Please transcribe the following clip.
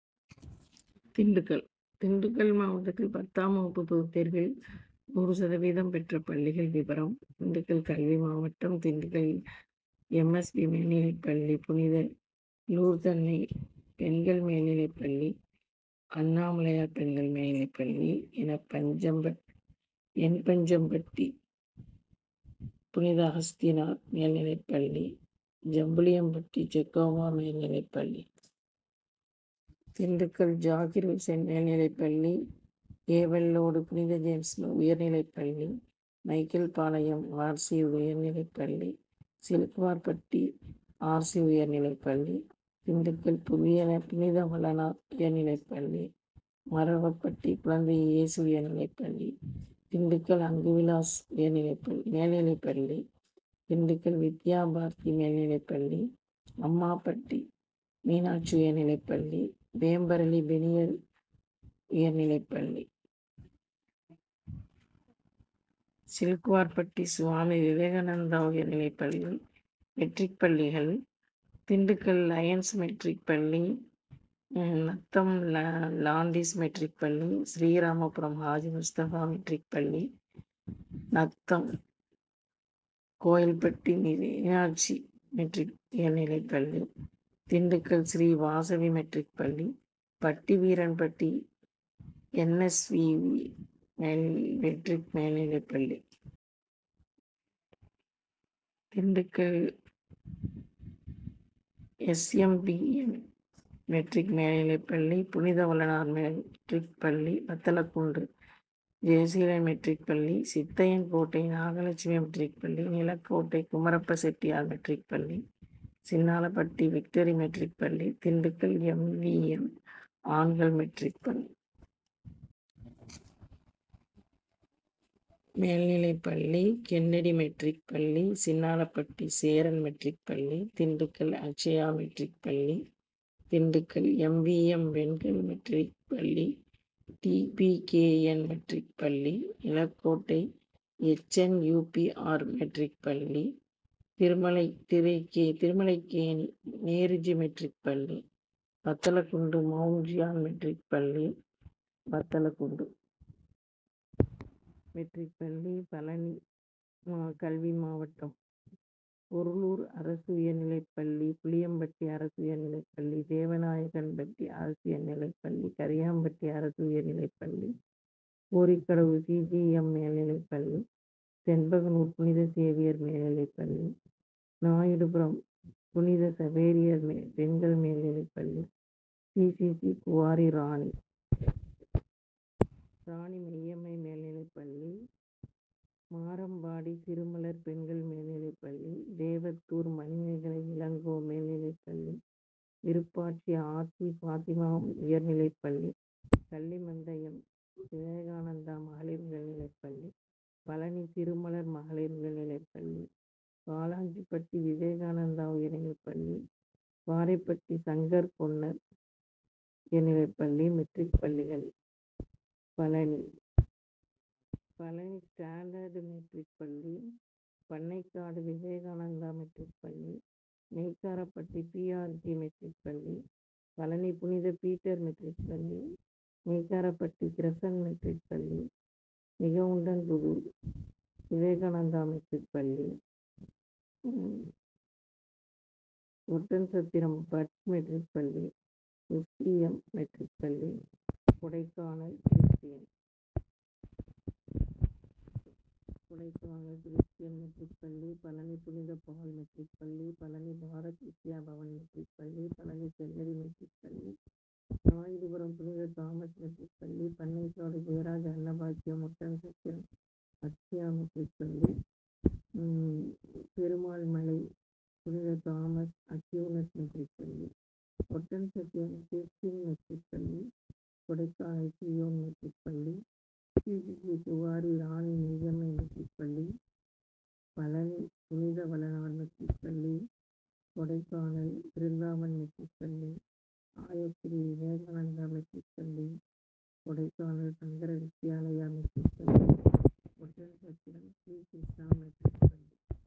திண்டுக்கல் திண்டுக்கல் மாவட்டத்தில் பத்தாம் வகுப்பு பொதுத்தேர்வில் நூறு சதவீதம் பெற்ற பள்ளிகள் விபரம் திண்டுக்கல் கல்வி மாவட்டம் திண்டுக்கல் எம்எஸ்பி, மேல்நிலைப் பள்ளி, புனித லூர்தன்னை பெண்கள் மேல் நிலைப்பள்ளி, அண்ணாமலையார் பெண்கள் மேல்நிலைப்பள்ளி, என்பஞ்சம்பட்டி புனித அகஸ்தினார் மேல்நிலைப்பள்ளி, ஜம்புலியம்பட்டி ஜெகோவா மேல்நிலைப்பள்ளி, திண்டுக்கல்ஜாகீர் உசேன் மேல்நிலைப்பள்ளி, ஏவெள்ளோடு புனித ஜேம்ஸ் உயர்நிலைப்பள்ளி, மைக்கேல்பாளையம் ஆர்சி, உயர்நிலைப்பள்ளி, சிலுக்குவார்பட்டி ஆர்சி, உயர்நிலைப்பள்ளி, திண்டுக்கல் புனித வளனார் உயர்நிலைப்பள்ளி, மறவப்பட்டி குழந்தை இயேசு உயர்நிலைப்பள்ளி, திண்டுக்கல் அங்குவிலாஸ் மேல்நிலைப்பள்ளி, திண்டுக்கல் வித்யாபார்த்தி மேல்நிலைப்பள்ளி, அம்மாபட்டி மீனாட்சி உயர்நிலைப்பள்ளி, வேம்பரளி பெனியேல் உயர்நிலைப்பள்ளி, சிலுக்குவார்பட்டி சுவாமி விவேகானந்தா உயர்நிலைப்பள்ளி மெட்ரிக் பள்ளிகள் திண்டுக்கல் லயன்ஸ் மெட்ரிக் பள்ளி, நத்தம் லாண்டீஸ் மெட்ரிக் பள்ளி, ஸ்ரீராமபுரம் ஹாஜி முஸ்தபா மெட்ரிக் பள்ளி, நத்தம் கோவில்பட்டி மீனாட்சி மெட்ரிக் உயர்நிலைப்பள்ளி, திண்டுக்கல் ஸ்ரீவாசவி மெட்ரிக் பள்ளி, பட்டிவீரன்பட்டி என்எஸ் விவி, மெட்ரிக் மேல்நிலைப்பள்ளி, திண்டுக் கல் எஸ்எம்பிஎம், மெட்ரிக் மேல்நிலைப் பள்ளி, புனித வளனார் மெட்ரிக் பள்ளி, வத்தலக்குண்டு ஜெயசீலன் மெட்ரிக் பள்ளி, சித்தையன் கோட்டை நாகலட்சுமி மெட்ரிக் பள்ளி, நிலக்கோட்டை குமரப்ப செட்டியார் மெட்ரிக் பள்ளி, சின்னாளபட்டி விக்டரி மெட்ரிக் பள்ளி, திண்டுக்கல் எம்வி எம், ஆண்கள் மெட்ரிக் மேல்நிலைப்பள்ளி, கென்னடி மெட்ரிக் பள்ளி, சின்னாளபட்டி சேரன் மெட்ரிக் பள்ளி, திண்டுக் கல் அக்ஷயா மெட்ரிக் பள்ளி, திண்டுக்கல் எம்விஎம், பெண்கள் மெட்ரிக் பள்ளி, டிபிகேஎன் மெட்ரிக் பள்ளி, நிலக்கோட்டை எச்என்யூபிஆர், மெட்ரிக் பள்ளி, திருமலைக்கேணி நேருஜி மெட்ரிக் பள்ளி, வத்தலக்குண்டு மவுண்ட் ஜியான் மெட்ரிக் பள்ளி, வத்தலக்குண்டு மெட்ரிக் பள்ளி பழநி கல்வி மாவட்டம் பொருளூர் அரசு உயர்நிலைப்பள்ளி, புளியம்பட்டி அரசு உயர்நிலைப்பள்ளி, தேவநாயக்கன்பட்டி அரசு உயர்நிலைப்பள்ளி, கரியாம்பட்டி அரசு உயர்நிலைப் பள்ளி, கோரிக்கடவு சிஜிஎம், மேநி, பள்ளி, செண்பகனூர் புனித சேவியர் மேநி, பள்ளி, நாயுடுபுரம் புனித சவேரியார் பெண்கள் மேநி, பள்ளி, சிசிசி, குவாரி ராணி மெய்யம்மை மேல்நிலைப்பள்ளி, மாரம்பாடி சிறுமலர் பெண்கள் மேல்நிலைப்பள்ளி, தேவத்தூர் மணிமேகலை இளங்கோ மேல்நிலைப்பள்ளி, விருப்பாட்சி ஆர்சி, பாத்திமா உயர்நிலைப்பள்ளி, கள்ளிமந்தயம் விவேகானந்தா மகளிர் உயர்நிலைப்பள்ளி, பழநி சிறுமலர் மகளிர் உயர்நிலைப்பள்ளி, காளாஞ்சிபட்டி விவேகானந்தா உயர்நிலைப் பள்ளி, பாறைப்பட்டி சங்கர் பொன்னர் உயர்நிலைப்பள்ளி மெட்ரிக் பள்ளிகள் பழநி ஸ்டாண்டர்டு மெட்ரிக் பள்ளி, பண்ணைக்காடு விவேகானந் தா மெட்ரிக்பள்ளி, நெய்க்காரப்பட்டி பிஆர்ஜி, மெட்ரிக் பள்ளி, பழநி புனித பீட்டர் மெட்ரிக் பள்ளி, நெய்க்காரப்பட்டி கிரசன்ட் மெட்ரிக் பள்ளி, நிகவுண்டன்புதூர் விவேகானந்தா மெட்ரிக் பள்ளி, ஒட்டன்சத்திரம் பட்ஸ் மெட்ரிக் பள்ளி, எஸ்பிஎம், மெட்ரிக் பள்ளி, கொடைக்கானல் கிறிஸ்டியன் மெட்ரிக் பள்ளி, பழநி புனித பால் மெட்ரிக் பள்ளி, பழநி பாரத் வித்யாபவன் மெட்ரிக் பள்ளி, பழநி கென்னடி மெட்ரிக் பள்ளி, நாயுடுபுரம் புனித தாமஸ் மெட்ரிக் பள்ளி, பண்ணைக்காடு ஜெயராஜ் அன்னபாக்கியம், ஒட்டன்சத்திரம் அக்ஷயா மெட்ரிக் பள்ளி, பெருமாள் மலை புனித தாமஸ் அக்யூனஸ் மெட்ரிக் பள்ளி, ஒட்டன்சத்திரம் கிறிஸ்டின் மெட்ரிக் பள்ளி, கொடைக்கானல் சீயோன் மெட்ரிக் பள்ளி, சிசிசி, குவாரி ராணி மெய்யம்மை மெட்ரிக் பள்ளி, பழநி புனித வளனார் மெட்ரிக் பள்ளி கொடைக்கானல் பிருந்தாவன் மெட்ரிக் பள்ளி, ஆயக்குடி விவேகானந்தா மெட்ரிக் பள்ளி, கொடைக்கானல் சங்கர வித்யாலயா மெட்ரிக் பள்ளி, ஒட்டன்சத்திரம் ஸ்ரீகிருஷ்ணா மெட்ரிக் பள்ளி.